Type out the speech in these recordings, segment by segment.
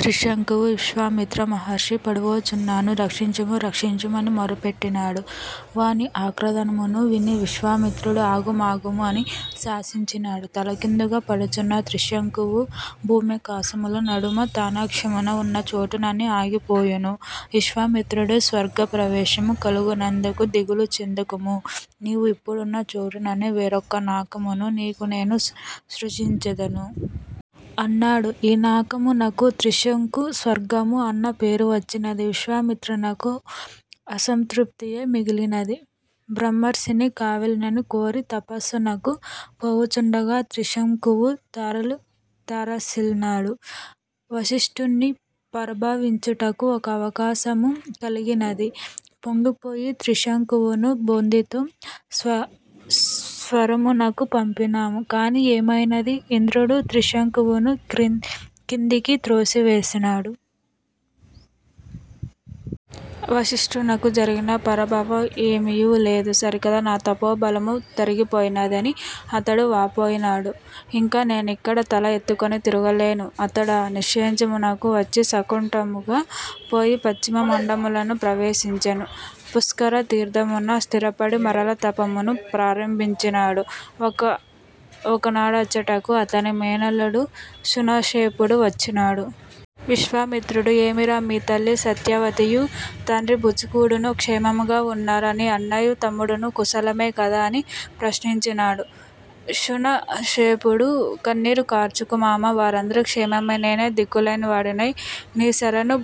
త్రిశంకువు విశ్వామిత్ర మహర్షీ పడిపోవుచున్నాను, రక్షించుము! రక్షించుము! అని మొఱపెట్టినాడు. వాని ఆక్రదనమును విని విశ్వామిత్రుడు ఆగు మాగుము! అని శాసించినాడు. తలకిందుగా పడుచున్న త్రిశంకువు భూమ్యాకాశముల నడుమ తానాక్షణమున ఉన్న చోటుననే ఆగిపోయెను. విశ్వామిత్రుడు స్వర్గప్రవేశము కలుగనందుకు దిగులు చెందకుము, నీవు ఇప్పుడున్న చోటుననే వేరొక నాకమును నీకు నేను సృజించెదను! అన్నాడు ఈ నాకము నకు 'త్రిశంకుస్వర్గము' అన్న పేరు వచ్చినది. విశ్వామిత్రునకు అసంతృప్తియే మిగిలినది. బ్రహ్మర్షిని కావలెనని కోరి తపస్సునకు పోవుచుండగా త్రిశంకువు తారసిల్లినాడు. వసిష్ఠుని పరాభవించుటకు ఒక అవకాశము కలిగినదని పొంగిపోయి త్రిశంకువును బొందితో స్వరమునకు పంపినాను. కాని ఏమైనది? ఇంద్రుడు త్రిశంకువును కిందికి త్రోసివేసినాడు! వసిష్ఠునకు జరిగిన పరాభవమేమియూ లేదు సరికదా నా తపోబలము తరిగిపోయినది! అని అతడు వాపోయినాడు. ఇంక నేనిక్కడ తల ఎత్తుకొని తిరుగలేను! అతడా నిశ్చయమునకు వచ్చి, సకుటుంబముగా పోయి పశ్చిమ మండలమును ప్రవేశించెను. పుష్కర తీర్ధమున స్థిరపడి మరల తపమును ప్రారంభించినాడు. ఒకనాడచ్చటకు అతని మేనల్లుడు శునశ్శేఫుడు వచ్చినాడు. విశ్వామిత్రుడు ఏమిరా, మీ తల్లి సత్యవతియూ తండ్రి బుచీకుడునూ క్షేమముగా ఉన్నారా? నీ అన్నయూ తమ్ముడునూ కుశలమే కదా? అని ప్రశ్నించినాడు. శునశ్శేఫుడు కన్నీరు కార్చుచూ, మామా, వారందరునూ క్షేమమే. నేనే దిక్కులేనివాడనై నీ శరణు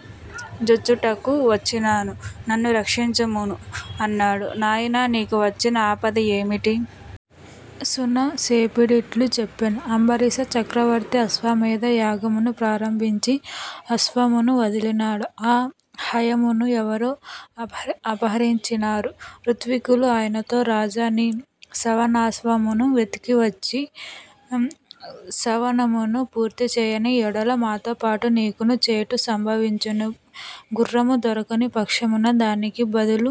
జొచ్చుటకు వచ్చినాను. నన్ను రక్షించుము అన్నాడు. 'నాయనా నీకు వచ్చిన ఆపద యేమిటి? శునశ్శేఫుడిట్లు చెప్పెను, అంబరీష చక్రవర్తి ఆశ్వమేధ యాగమును ప్రారంభించి అశ్వమును వదలినాడు. ఆ హయమును ఎవరో అపహరించినారు. ఋత్విక్కులు ఆయనతో 'రాజా నీ సవనాశ్వమును వెతకితెచ్చి సవనమును పూర్తిచేయని యెడల మాతోపాటు నీకునూ చేటు సంభవించును. గుఱ్ఱము దొరకని పక్షమున దానికి బదులు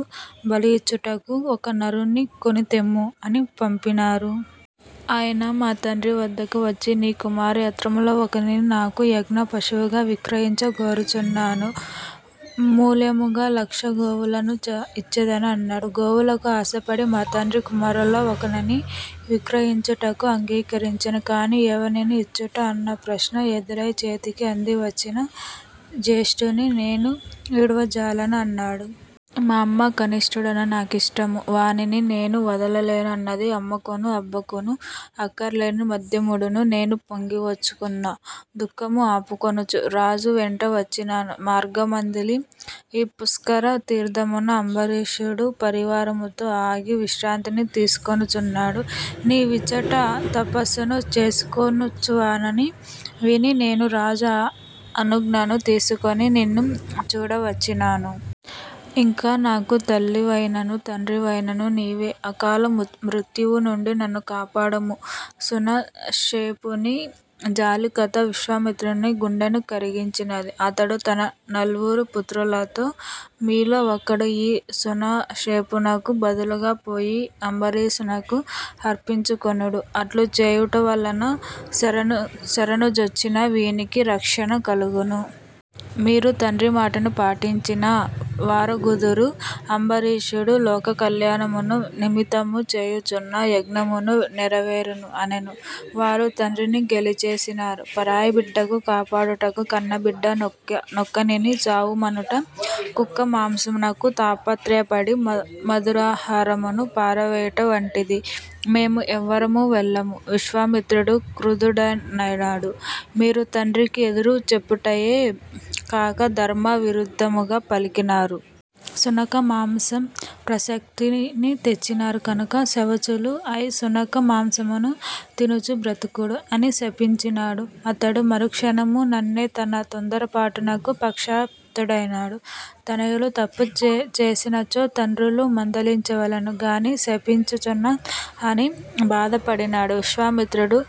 బలియిచ్చుటకు ఒక నరుని కొనితెమ్ము' అని పంపినారు. ఆయన మా తండ్రి వద్దకు వచ్చి 'నీ కుమారత్రయములో ఒకనిని నాకు యజ్ఞ పశువుగా విక్రయించ గోరుచున్నాను. మూల్యముగా లక్ష గోవులను ఇచ్చెదను' అన్నాడు. గోవులకు ఆశపడి మా తండ్రి కుమారులలో ఒకనిని విక్రయించుటకు అంగీకరించెను కాని 'ఎవనిని ఇచ్చుట? అన్న ప్రశ్న ఎదురై చేతికి అందివచ్చిన జ్యేష్ఠుని నేను విడువజాలను' అన్నాడు. మా అమ్మ 'కనిష్ఠుడన్న నాకిష్టము. వానిని నేను వదలలేను' అన్నది అమ్మకునూ అబ్బకునూ అక్కరలేని మధ్యముడను నేను పొంగివచ్చుచున్న దుఃఖము ఆపుకొనుచూ రాజు వెంట వచ్చినాను. మార్గమందలి ఈ పుష్కర తీర్ధమున అంబరీషుడు పరివారముతో ఆగి విశ్రాంతిని తీసికొనుచున్నాడు. నీవిచ్చట తపస్సును చేసికొనుచున్నావని విని నేను రాజు అనుజ్ఞను తీసికొని నిన్ను చూడవచ్చినాను. ఇంక నాకు తల్లివైననూ తండ్రివైననూ నీవే. అకాల మృత్యువు నుండి నన్ను కాపాడుము. శునశ్శేఫుని జాలి కథ విశ్వామిత్రుని గుండెను కరిగించినది. అతడు తన నల్వురు పుత్రులతో మీలో ఒకడు ఈ శునశ్శేఫునకు బదులుగా పోయి అంబరీషునకు అర్పించుకొనుడు. అట్లు చేయుట వలన శరణుజొచ్చిన వీనికి రక్షణ కలుగును. మీరు తండ్రి మాటను పాటించిన వారగుదురు. అంబరీషుడు లోకకల్యాణము నిమిత్తము చేయుచున్న యజ్ఞమునూ నెరవేరును అనెను. వారు తండ్రిని గేలిచేసినారు 'పరాయి బిడ్డను కాపాడుటకు కన్నబిడ్డ నొకనిని చావుమనుట కుక్క మాంసమునకు తాపత్రయపడి మధురాహారమును పారవేయుట వంటిది! మేము ఎవరమూ వెళ్ళము! విశ్వామిత్రుడు క్రుద్ధుడైనాడు. మీరు తండ్రికి ఎదురు చెప్పుటయే కాక ధర్మ విరుద్ధముగా పలికినారు! శునక మాంస ప్రసక్తిని తెచ్చినారు కనుక శ్వవచులు ఐ శునక మాంసమును తినుచూ బ్రతుకుడు! అని శపించినాడు అతడు మరుక్షణము ననె తన తొందరపాటునకు పశ్చాత్తప్తుడైనాడు. తనయులు తప్పు చేసినచో తండ్రులు మందలించవలెను గాని శపించవచ్చునా? అని బాధపడినాడు. విశ్వామిత్రుడు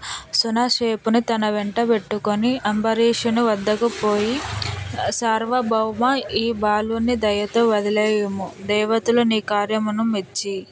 శునశ్శేఫుని తనవెంట బెట్టుకొని అంబరీషుని వద్దకు పోయి సార్వభౌమా, ఈ బాలుని దయతో వదలివేయుము. దేవతలు నీ కారుణ్యమును మెచ్చి